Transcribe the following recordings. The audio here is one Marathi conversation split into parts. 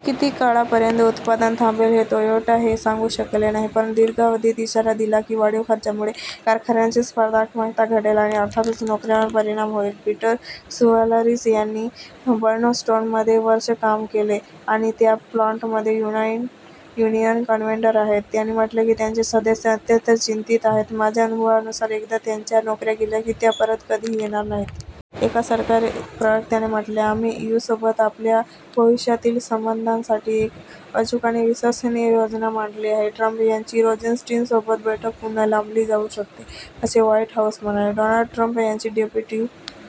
" किती काळापर्यंत उत्पादन थांबेल हे टोयोटा हे सांगू शकले नाही, पण दिर्घावधीत, इशारा दिला की वाढीव खर्चामुळे कारखान्याची स्पर्धात्मकता घटेल आणि अर्थातच नोकऱ्यांवर परिणाम होईल. पीटर सुव्हल्लारीस, ज्यांनी बर्नस्टोनमध्ये वर्षे काम केले आणि त्या प्लांटमध्ये युनाईट युनियन कन्वेनर आहेत, त्यांनी म्हटले की त्यांचे सदस्य अत्यंत चिंतीत आहेत: "माझ्या अनुभवानुसार एकदा त्यांच्या नोकऱ्या गेल्या की त्या परत कधीही येणार नाहीत. एका सरकारी प्रवक्त्याने म्हटले: "आम्ही ईयूसोबत आपल्या भविष्यातील संबंधांसाठी एक अचूक आणि विश्वसनीय योजना मांडली आहे. " ट्रम्प यांची रोझेन्स्टीनसोबत बैठक पुन्हा लांबली जाऊ शकते, असे व्हाईट हाऊस म्हणाले. डोनाल्ड ट्रम्प यांची डेप्युटी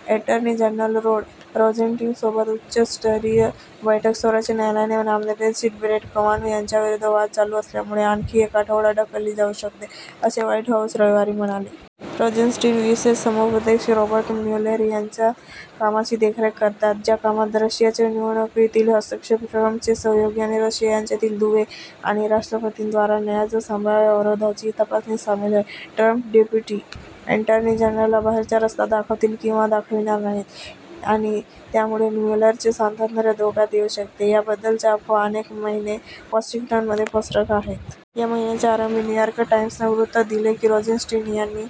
अॅटर्नी जनरल रॉड रोझेन्स्टीनसोबत उच्चस्तरीय बैठक सर्वोच्च न्यायालयाचे नामनिर्देशित ब्रेट कवानु यांच्यावरून वाद चालू असल्यामुळे "आणखी एक आठवडा ढकलली जाऊ शकते" असे व्हाईट हाऊस रविवारी म्हणाले. रोझेन्स्टीन विशेष समुपदेशक रॉबर्ट म्यूलेर यांच्या कामाची देखरेख करतात, ज्या कामात रशियाचा निवडणुकीतील हस्तक्षेप, ट्रम्पचे सहयोगी आणि रशिया यांच्यातील दुवे आणि राष्ट्रपतींद्वारा न्यायाच्या संभाव्य अवरोधाची तपासणी सामील आहे. ट्रम्प डेप्युटी अॅटर्नी जनरलना बाहेरचा रस्ता दाखवतील किंवा दाखविणार नाहीत, आणि त्यामुळे म्यूलेरचे स्वातंत्र्य धोक्यात येऊ शकते, याबद्दलच्या अफवा अनेक महिने वॉशिंग्टनमध्ये पसरत आहेत. या महिन्याच्या आरंभी, न्युयॉर्क टाइम्सने वृत्त दिले की रोझेन्स्टीन यांनी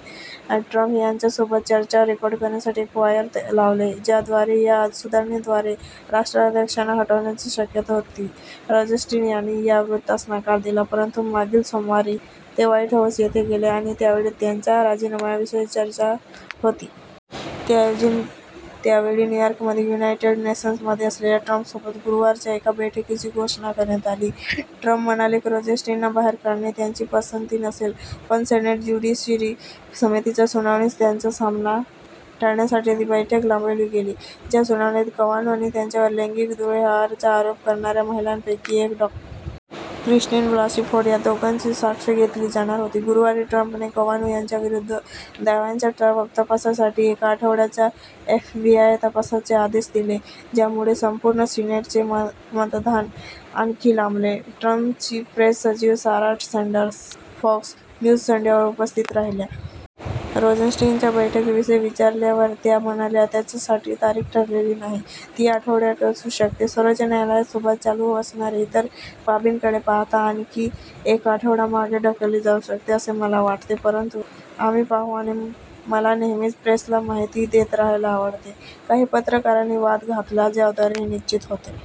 ट्रम्प यांच्यासोबत चर्चा रेकॉर्ड करण्यासाठी एक वायर लावले, ज्याद्वारे व्या सुधारणेद्वारे राष्ट्राध्यक्षांना हटविण्याची शक्यता होती. रोझेन्स्टीन यांनी या वृत्तास नकार दिला. परंतु मागील सोमवारी ते व्हाईट हाऊस येथे गेले आणि त्यावेळी त्यांच्या राजीनाम्याविषयी चर्चा होती. त्याऐवजी, त्यावेळी न्यूयॉर्कमधील युनायटेड नेशन्समध्ये असलेल्या ट्रम्पसोबत गुरुवारच्या एका बैठकीची घोषणा करण्यात आली. ट्रम्प म्हणाले की रोझेन्स्टीनना बाहेर काढणे त्यांची "पसंती नसेल", पण सेनेट ज्युडिशियरी समितीच्या सुनावणीसह त्याचा सामना टाळण्यासाठी ती बैठक लांबविली गेली, ज्या सुनावणीत कवानु आणि त्यांच्यावर लैंगिक दुर्व्यवहाराचा आरोप करणाऱ्या महिलांपैकी एक, डॉ. ख्रिस्टिन ब्लासी फोर्ड या दोघांची साक्ष घेतली जाणार होती. शुक्रवारी, ट्रम्पने कवानु यांच्याविरुद्ध दाव्यांच्या तपासासाठी एका आठवड्याच्या एफबीआय तपासाचे आदेश दिले, ज्यामुळे संपूर्ण सिनेटचे मतदान आणखी लांबले. ट्रम्पची प्रेस सचिव, सारा सँडर्स फॉक्स न्यूज संडेवर उपस्थित राहिल्या. रोझेन्स्टीनच्या बैठकीविषयी विचारल्यावर त्या म्हणाल्या: "त्याच्यासाठी तारीख ठरलेली नाही, ती या आठवड्यात असू शकते, सर्वोच्च न्यायालायासोबत चालू असणाऱ्या इतर बाबींकडे पाहता आणखी एक आठवडा मागे ढकलली जाऊ शकते असे मला वाटते. परंतु, आम्ही पाहू आणि मला नेहमीच प्रेसला माहिती देत रहायला आवडते. " काही पत्रकारांनी वाद घातला ज्याद्वारे हे निश्चित होते: